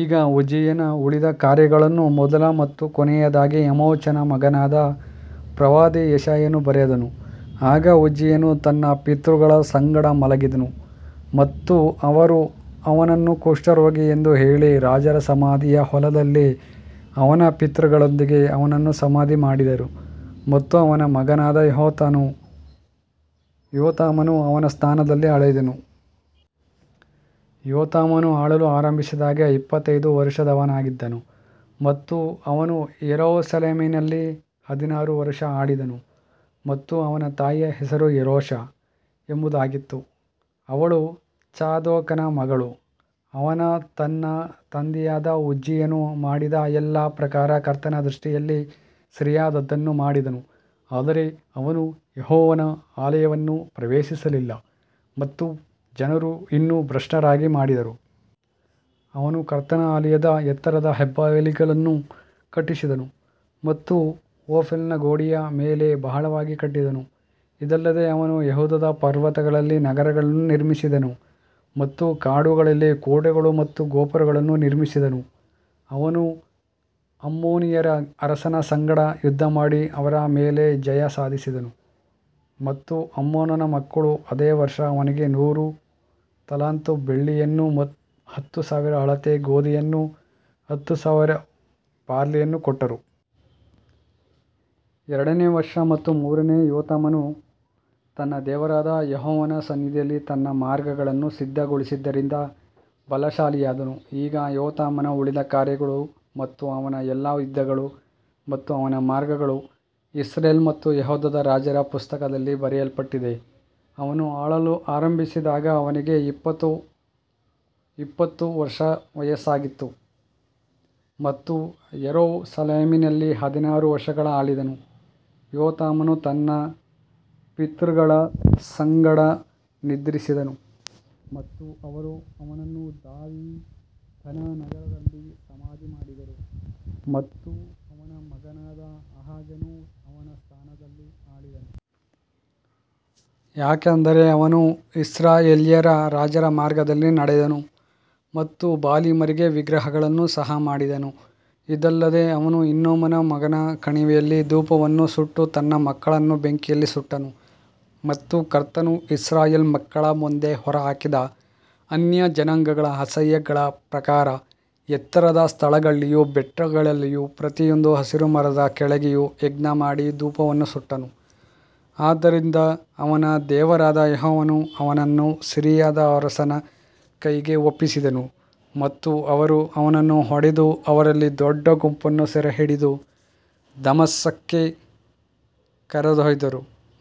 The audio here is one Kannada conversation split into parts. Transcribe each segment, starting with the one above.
ಈಗ ಉಜ್ಜೀಯನ ಉಳಿದ ಕಾರ್ಯಗಳನ್ನು ಮೊದಲ ಮತ್ತು ಕೊನೆಯದಾಗಿ ಆಮೋಚನ ಮಗನಾದ ಪ್ರವಾದಿ ಯೆಶಾಯನು ಬರೆದನು. ಆಗ ಉಜ್ಜೀಯನು ತನ್ನ ಪಿತೃಗಳ ಸಂಗಡ ಮಲಗಿದನು ಮತ್ತು ಅವರು ಅವನನ್ನು ಕುಷ್ಠರೋಗಿ ಎಂದು ಹೇಳಿ ರಾಜರ ಸಮಾಧಿಯ ಹೊಲದಲ್ಲಿ ಅವನ ಪಿತೃಗಳೊಂದಿಗೆ ಅವನನ್ನು ಸಮಾಧಿ ಮಾಡಿದರು ಮತ್ತು ಅವನ ಮಗನಾದ ಯೋತಾಮನು ಅವನ ಸ್ಥಾನದಲ್ಲಿ ಆಳಿದನು. ಯೋತಾಮನು ಆಳಲು ಆರಂಭಿಸಿದಾಗ ಇಪ್ಪತ್ತೈದು ವರುಷದವನಾಗಿದ್ದನು ಮತ್ತು ಅವನು ಯೆರೂಸಲೇಮಿನಲ್ಲಿ ಹದಿನಾರು ವರುಷ ಆಳಿದನು ಮತ್ತು ಅವನ ತಾಯಿಯ ಹೆಸರು ಯೆರೂಷಾ ಎಂಬುದಾಗಿತ್ತು, ಅವಳು ಚಾದೋಕನ ಮಗಳು ಅವನು ತನ್ನ ತಂದೆಯಾದ ಉಜ್ಜೀಯನು ಮಾಡಿದ ಎಲ್ಲಾ ಪ್ರಕಾರ ಕರ್ತನ ದೃಷ್ಟಿಯಲ್ಲಿ ಸರಿಯಾದದ್ದನ್ನು ಮಾಡಿದನು ಆದರೆ ಅವನು ಯೆಹೋವನ ಆಲಯವನ್ನು ಪ್ರವೇಶಿಸಲಿಲ್ಲ ಮತ್ತು ಜನರು ಇನ್ನೂ ಭ್ರಷ್ಟರಾಗಿ ಮಾಡಿದರು. ಅವನು ಕರ್ತನ ಆಲಯದ ಎತ್ತರದ ಹೆಬ್ಬಾಗಿಲನ್ನು ಕಟ್ಟಿಸಿದನು ಮತ್ತು ಓಫೆಲ್ನ ಗೋಡೆಯ ಮೇಲೆ ಬಹಳವಾಗಿ ಕಟ್ಟಿದನು ಇದಲ್ಲದೆ ಅವನು ಯೆಹೂದದ ಪರ್ವತಗಳಲ್ಲಿ ನಗರಗಳನ್ನು ನಿರ್ಮಿಸಿದನು ಮತ್ತು ಕಾಡುಗಳಲ್ಲಿ ಕೋಟೆಗಳು ಮತ್ತು ಗೋಪುರಗಳನ್ನು ನಿರ್ಮಿಸಿದನು ಅವನು ಅಮ್ಮೋನಿಯರ ಅರಸನ ಸಂಗಡ ಯುದ್ಧಮಾಡಿ ಅವರ ಮೇಲೆ ಜಯ ಸಾಧಿಸಿದನು ಮತ್ತು ಅಮ್ಮೋನನ ಮಕ್ಕಳು ಅದೇ ವರ್ಷ ಅವನಿಗೆ ನೂರು ತಲಾಂತು ಬೆಳ್ಳಿಯನ್ನೂ ಹತ್ತು ಸಾವಿರ ಅಳತೆ ಗೋಧಿಯನ್ನೂ ಹತ್ತು ಸಾವಿರ ಬಾರ್ಲಿಯನ್ನೂ ಕೊಟ್ಟರು. ಎರಡನೇ ವರ್ಷ ಮತ್ತು ಮೂರನೇ ಯೋತಾಮನು ತನ್ನ ದೇವರಾದ ಯೆಹೋವನ ಸನ್ನಿಧಿಯಲ್ಲಿ ತನ್ನ ಮಾರ್ಗಗಳನ್ನು ಸಿದ್ಧಗೊಳಿಸಿದ್ದರಿಂದ ಬಲಶಾಲಿಯಾದನು ಈಗ ಯೋತಾಮನ ಉಳಿದ ಕಾರ್ಯಗಳು ಮತ್ತು ಅವನ ಎಲ್ಲಾ ಯುದ್ಧಗಳು ಮತ್ತು ಅವನ ಮಾರ್ಗಗಳು ಇಸ್ರೇಲ್ ಮತ್ತು ಯೆಹೂದದ ರಾಜರ ಪುಸ್ತಕದಲ್ಲಿ ಬರೆಯಲ್ಪಟ್ಟಿವೆ. ಅವನು ಆಳಲು ಆರಂಭಿಸಿದಾಗ ಅವನಿಗೆ ಇಪ್ಪತ್ತು ಇಪ್ಪತ್ತು ವರ್ಷ ವಯಸ್ಸಾಗಿತ್ತು ಮತ್ತು ಯೆರೂಸಲೇಮಿನಲ್ಲಿ ಹದಿನಾರು ವರ್ಷ ಆಳಿದನು ಯೋತಾಮನು ತನ್ನ ಪಿತೃಗಳ ಸಂಗಡ ನಿದ್ರಿಸಿದನು ಮತ್ತು ಅವರು ಅವನನ್ನು ದಾವೀದನ ನಗರದಲ್ಲಿ ಸಮಾಧಿ ಮಾಡಿದರು ಮತ್ತು ಅವನ ಮಗನಾದ ಆಹಾಜನು ಅವನ ಸ್ಥಾನದಲ್ಲಿ ಆಳಿದನು. ಯಾಕಂದರೆ ಅವನು ಇಸ್ರಾಯೇಲ್ಯರ ರಾಜರ ಮಾರ್ಗದಲ್ಲಿ ನಡೆದನು ಮತ್ತು ಬಾಲೀಮರಿಗೆ ವಿಗ್ರಹಗಳನ್ನು ಸಹ ಮಾಡಿದನು ಇದಲ್ಲದೆ ಅವನು ಹಿನ್ನೋಮನ ಮಗನ ಕಣಿವೆಯಲ್ಲಿ ಧೂಪವನ್ನು ಸುಟ್ಟು ತನ್ನ ಮಕ್ಕಳನ್ನು ಬೆಂಕಿಯಲ್ಲಿ ಸುಟ್ಟನು ಮತ್ತು ಕರ್ತನು ಇಸ್ರಾಯೇಲ್ ಮಕ್ಕಳ ಮುಂದೆ ಹೊರಹಾಕಿದ ಅನ್ಯಜನಾಂಗಗಳ ಅಸಹ್ಯಗಳ ಪ್ರಕಾರ. ಎತ್ತರದ ಸ್ಥಳಗಳಲ್ಲಿಯೂ ಬೆಟ್ಟಗಳಲ್ಲಿಯೂ ಪ್ರತಿಯೊಂದು ಹಸಿರು ಮರದ ಕೆಳಗೆಯೂ ಯಜ್ಞಮಾಡಿ ಧೂಪವನ್ನು ಸುಟ್ಟನು ಆದದರಿಂದ ಅವನ ದೇವರಾದ ಯೆಹೋವನು ಅವನನ್ನು ಸಿರಿಯಾದ ಅರಸನ ಕೈಗೆ ಒಪ್ಪಿಸಿದನು ಮತ್ತು ಅವರು ಅವನನ್ನು ಹೊಡೆದು ಅವರಲ್ಲಿ ದೊಡ್ಡ ಗುಂಪನ್ನು ಸೆರೆಹಿಡಿದು ದಮಸ್ಕಕ್ಕೆ ಕರೆದೊಯ್ದರು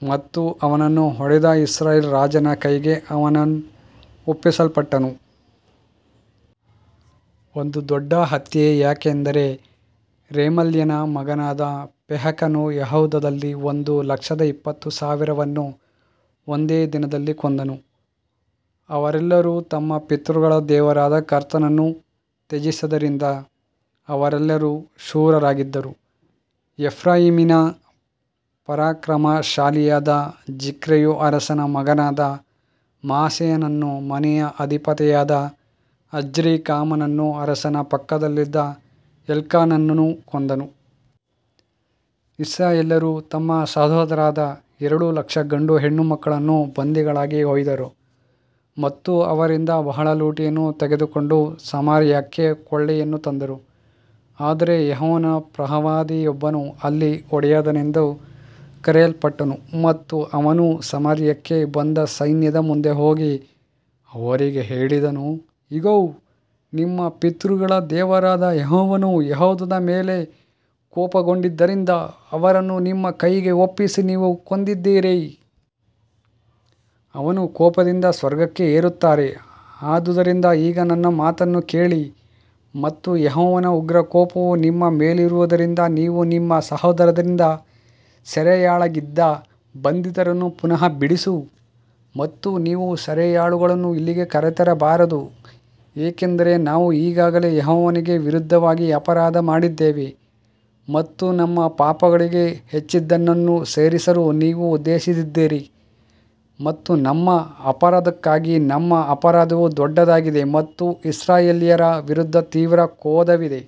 ಮತ್ತು ಅವನನ್ನು ಹೊಡೆದ ಇಸ್ರಾಯೇಲ್ ರಾಜನ ಕೈಗೆ ಅವನು ಒಪ್ಪಿಸಲ್ಪಟ್ಟನು. ಒಂದು ದೊಡ್ಡ ಹತ್ಯೆ ಯಾಕಂದರೆ ರೆಮಲ್ಯನ ಮಗನಾದ ಪೆಕಹನು ಯೆಹೂದದಲ್ಲಿ ಒಂದು ಲಕ್ಷದ ಇಪ್ಪತ್ತು ಸಾವಿರವನ್ನು ಒಂದೇ ದಿನದಲ್ಲಿ ಕೊಂದನು, ಅವರೆಲ್ಲರು ತಮ್ಮ ಪಿತೃಗಳ ದೇವರಾದ ಕರ್ತನನ್ನು ತ್ಯಜಿಸಿದ್ದರಿಂದ ಅವರೆಲ್ಲರೂ ಶೂರರಾಗಿದ್ದರು. ಎಫ್ರಾಯೀಮಿನ ಪರಾಕ್ರಮಶಾಲಿಯಾದ ಜಿಕ್ರಿಯು ಅರಸನ ಮಗನಾದ ಮಾಸೇಯನನ್ನೂ ಮನೆಯ ಅಧಿಪತಿಯಾದ ಅಜ್ರಿಕಾಮನನ್ನೂ ಅರಸನ ಪಕ್ಕದಲ್ಲಿದ್ದ ಎಲ್ಕಾನನನ್ನೂ ಕೊಂದನು. ಇಸ್ರಾಯೇಲ್ಯರು ತಮ್ಮ ಸಹೋದರರಾದ ಎರಡು ಲಕ್ಷ ಗಂಡು ಹೆಣ್ಣು ಮಕ್ಕಳನ್ನು ಬಂಧಿಗಳಾಗಿ ಒಯ್ದರು ಮತ್ತು ಅವರಿಂದ ಬಹಳ ಲೂಟಿಯನ್ನು ತೆಗೆದುಕೊಂಡು ಸಮಾರ್ಯಕ್ಕೆ ಕೊಳ್ಳೆಯನ್ನು ತಂದರು. ಆದರೆ ಯೆಹೋವನ ಪ್ರವಾದಿಯೊಬ್ಬನು ಅಲ್ಲಿ ಓಡೇದನೆಂದು ಕರೆಯಲ್ಪಟ್ಟನು ಮತ್ತು ಅವನು ಸಮಾರ್ಯಕ್ಕೆ ಬಂದ ಸೈನ್ಯದ ಮುಂದೆ ಹೋಗಿ ಅವರಿಗೆ ಹೇಳಿದನು, ಇಗೋ, ನಿಮ್ಮ ಪಿತೃಗಳ ದೇವರಾದ ಯೆಹೋವನು ಯೆಹೂದದ ಮೇಲೆ ಕೋಪಗೊಂಡಿದ್ದರಿಂದ ಅವರನ್ನು ನಿಮ್ಮ ಕೈಗೆ ಒಪ್ಪಿಸಿ ನೀವು ಕೊಂದಿದ್ದೀರಿ. ಅವರು ಕೋಪದಿಂದ ಸ್ವರ್ಗಕ್ಕೆ ಏರುತ್ತಾರೆ ಆದುದರಿಂದ ಈಗ ನನ್ನ ಮಾತನ್ನು ಕೇಳಿ ಮತ್ತು ಯೆಹೋವನ ಉಗ್ರ ಕೋಪವು ನಿಮ್ಮ ಮೇಲಿರುವದರಿಂದ ನೀವು ನಿಮ್ಮ ಸಹೋದರರಿಂದ ಸೆರೆಯಾಳಾಗಿದ್ದ ಬಂಧಿತರನ್ನು ಪುನಃ ಬಿಡಿಸು. ಮತ್ತು ನೀವು ಸೆರೆಯಾಳುಗಳನ್ನು ಇಲ್ಲಿಗೆ ಕರೆತರಬಾರದು, ಏಕೆಂದರೆ ನಾವು ಈಗಾಗಲೇ ಯೆಹೋವನಿಗೆ ವಿರುದ್ಧವಾಗಿ ಅಪರಾಧ ಮಾಡಿದ್ದೇವೆ ಮತ್ತು ನಮ್ಮ ಪಾಪಗಳಿಗೆ ಹೆಚ್ಚಿನದನ್ನು ಸೇರಿಸಲು ನೀವು ಉದ್ದೇಶಿಸಿದ್ದೀರಿ ಮತ್ತು ನಮ್ಮ ಅಪರಾಧಕ್ಕಾಗಿ ನಮ್ಮ ಅಪರಾಧವು ದೊಡ್ಡದಾಗಿದೆ ಮತ್ತು ಇಸ್ರಾಯೇಲ್ಯರ ವಿರುದ್ಧ ತೀವ್ರ ಕ್ರೋಧವಿದೆ.